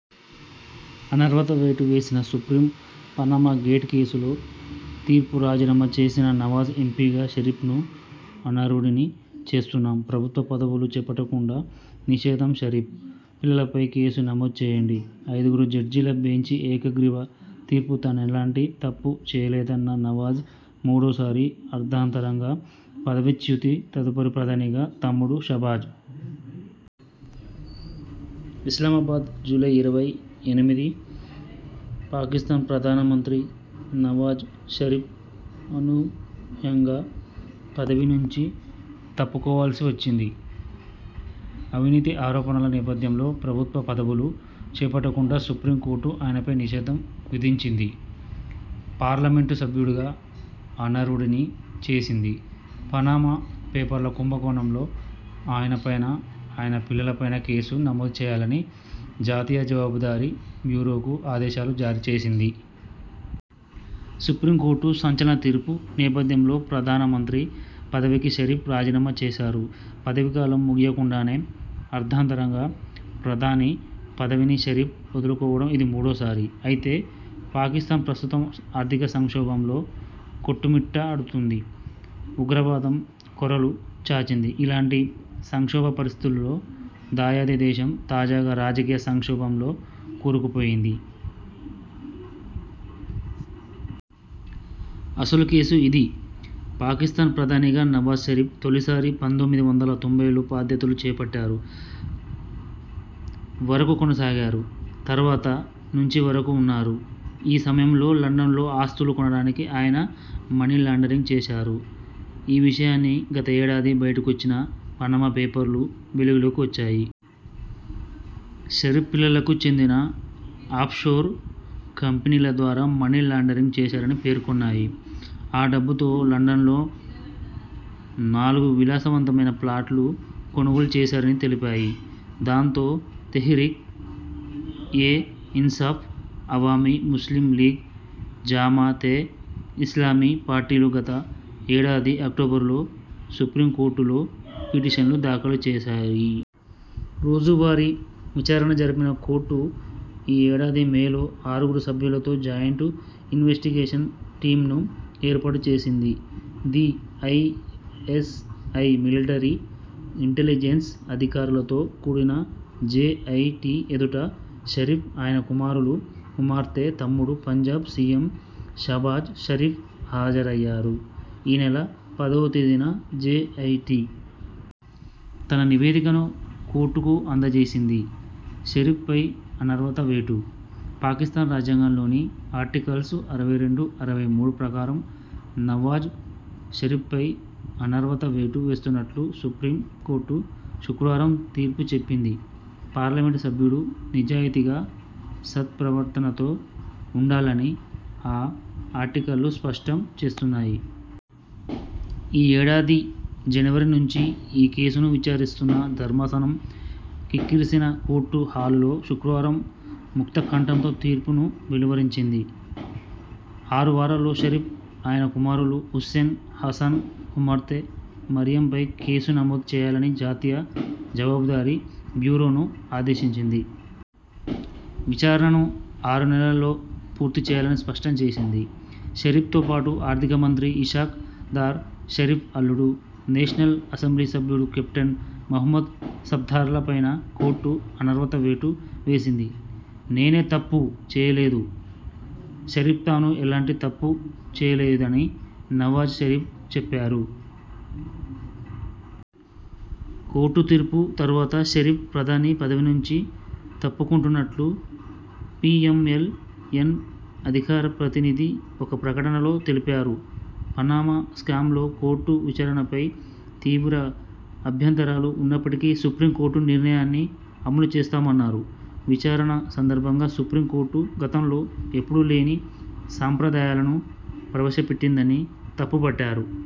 అనర్హత వేటు వేసిన సుప్రీం పనామా గేట్ కేసులో తీర్పురాజీనామా చేసిన నవాజ్ ఎం.పి గా షరీఫ్ను అనర్హుడిని చేస్తున్నాం ప్రభుత్వ పదవులు చేపట్టకుండా నిషేధం షరీఫ్, పిల్లలపై కేసు నమోదు చేయండి ఐదుగురు జడ్జిల బెంచి ఏకగ్రీవ తీర్పు తానెలాంటి తప్పు చేయలేదన్న నవాజ్ మూడోసారి అర్థాంతరంగా పదవీచ్యుతి తదుపరి ప్రధానిగా తమ్ముడు షాబాజ్? ఇస్లామాబాద్, జూలై ఇరవై ఎనిమిది పాకిస్థాన్ ప్రధాన మంత్రి నవాజ్ షరీఫ్ అనూహ్యంగా పదవి నుంచి తప్పుకోవాల్సి వచ్చింది. అవినీతి ఆరోపణల నేపథ్యంలో, ప్రభుత్వ పదవులు చేపట్టకుండా సుప్రీం కోర్టు ఆయనపై నిషేధం విధించింది. పార్లమెంటు సభ్యుడిగా అనర్హుడిని చేసింది. పనామా పేపర్ల కుంభ కోణంలో ఆయన పైనా, ఆయన పిల్లల పైనా కేసు నమోదు చేయాలని జాతీయ జవాబుదారీ బ్యూరోకు ఆదేశాలు జారీ చేసింది. సుప్రీం కోర్టు సంచలన తీర్పు నేపథ్యంలో ప్రధాన మంత్రి పదవికి షరీఫ్ రాజీనామా చేశారు. పదవీ కాలం ముగియకుండానే అర్థాంతరంగా ప్రధాని పదవిని షరీఫ్ వదులుకోవడం ఇది మూడోసారి. అయితే, పాకిస్థాన్ ప్రస్తుతం ఆర్థిక సంక్షోభంలో కొట్టుమిట్టాడుతోంది. ఉగ్రవాదం కోరలు చాచింది. ఇలాంటి సంక్షోభ పరిస్థితుల్లో దాయాది దేశం తాజాగా రాజకీయ సంక్షోభంలో కూరుకుపోయింది. అసలు కేసు ఇదీ! పాకిస్థాన్ ప్రధానిగా నవాజ్ షరీఫ్ తొలిసారి పంతొమ్మిది వందల తొంభైలో బాధ్యతలు చేపట్టారు. వరకూ కొనసాగారు. తర్వాత నుంచి వరకూ ఉన్నా రు. ఈ సమయంలో లండన్ లో ఆస్తులు కొనడానికి ఆయన మనీ లాండరింగ్ చేశారు. ఈ విషయాన్ని గత ఏడాది బయటకొచ్చిన పనామా పేపర్లు వెలుగులోకి వచ్చాయి. షరీఫ్ పిల్లలకు చెందిన ఆఫ్షోర్ కంపెనీల ద్వారా మనీ లాండరింగ్ చేశారని పేర్కొన్నాయి. ఆ డబ్బుతో లండన్లో నాలుగు విలాసవంతమైన ఫ్లాట్లు కొనుగోలు చేశారని తెలిపాయి. దాంతో, తెహ్రీక్ ఏ ఇన్సాఫ్, అవామీ ముస్లిం లీగ్, జామా తే ఇస్లామీ పార్టీలు గత ఏడాది అక్టోబరులో సుప్రీం కోర్టులో పిటిషన్లు దాఖలు చేశాయి. రోజువారీ విచారణ జరిపిన కోర్టు ఈ ఏడాది మేలో ఆరుగురు సభ్యులతో జాయింట్ ఇన్వెస్టిగేషన్ టీమ్ను ఏర్పాటు చేసిం ది. ఐ.ఎస్.ఐ, మిలటరీ ఇంటెలిజెన్స్ అధికారులతో కూడిన జే.ఐ.టీ ఎదుట షరీఫ్, ఆయన కుమారులు, కుమార్తె, తమ్ముడు, పంజాబ్ సీ.ఎం షాబాజ్ షరీఫ్ హాజరయ్యారు. ఈ నెల పదో తేదీన జే.ఐ.టీ తన నివేదికను కోర్టుకు అందజేసింది. షరీఫ్ పై అనర్హత వేటు. పాకిస్థాన్ రాజ్యాంగంలోని ఆర్టికల్స్ అరవై రెండు, అరవై మూడు ప్రకారం నవాజ్ షరీఫ్పై అనర్హత వేటు వేస్తున్నట్లు సుప్రీం కోర్టు శుక్రవారం తీర్పు చెప్పింది. పార్లమెంటు సభ్యుడు నిజాయతీగా, సత్ప్రవర్తనతో ఉండాలని ఆ ఆర్టికళ్లు స్పష్టం చేస్తున్నాయి. ఈ ఏడా ది జనవరి నుంచి ఈ కేసును విచారిస్తున్న ధర్మాసనం.. కిక్కిరిసిన కోర్టు హాలులో శుక్రవారం ముక్త కంఠంతో తీర్పు ను వెలువరించింది. ఆరు వారాల్లో షరీఫ్, ఆయన కుమారులు హుస్సేన్, హసన్, కుమార్తె మరియంపై కేసు నమోదు చేయాలని జాతీయ జవాబుదారీ బ్యూరోను ఆదేశించింది. విచారణను ఆరు నెలల్లో పూర్తి చేయాలని స్పష్టం చేసింది. షరీఫ్ తో పాటు ఆర్థిక మంత్రి ఇషాక్ దార్, షరీఫ్ అల్లుడు, నేషనల్ అసెంబ్లీ సభ్యుడు కెప్టెన్ మహ్మద్ సఫ్దార్ల పైనా కోర్టు అనర్హత వేటు వేసింది. నేనే తప్పూ చేయలేదు షరీఫ్తాను ఎలాంటి తప్పు చేయలేదని నవాజ్ షరీఫ్ చెప్పారు. కోర్టు తీర్పు తర్వాత షరీఫ్ ప్రధాని పదవి నుంచి తప్పుకొంటున్నట్లు పీ.ఎం.ఎల్. ఎన్ అధికార ప్రతినిధి ఒక ప్రకటనలో తెలిపారు. పనామా స్కాంలో కోర్టు విచారణపై తీవ్ర అభ్యంతరాలు ఉన్నప్పటికీ, సుప్రీం కోర్టు నిర్ణయాన్ని అమలు చేస్తామన్నారు. విచారణ సందర్భంగా సుప్రీం కోర్టు గతంలో ఎప్పుడూ లేని సంప్రదాయాలను ప్రవేశపెట్టిందని తప్పుబట్టారు.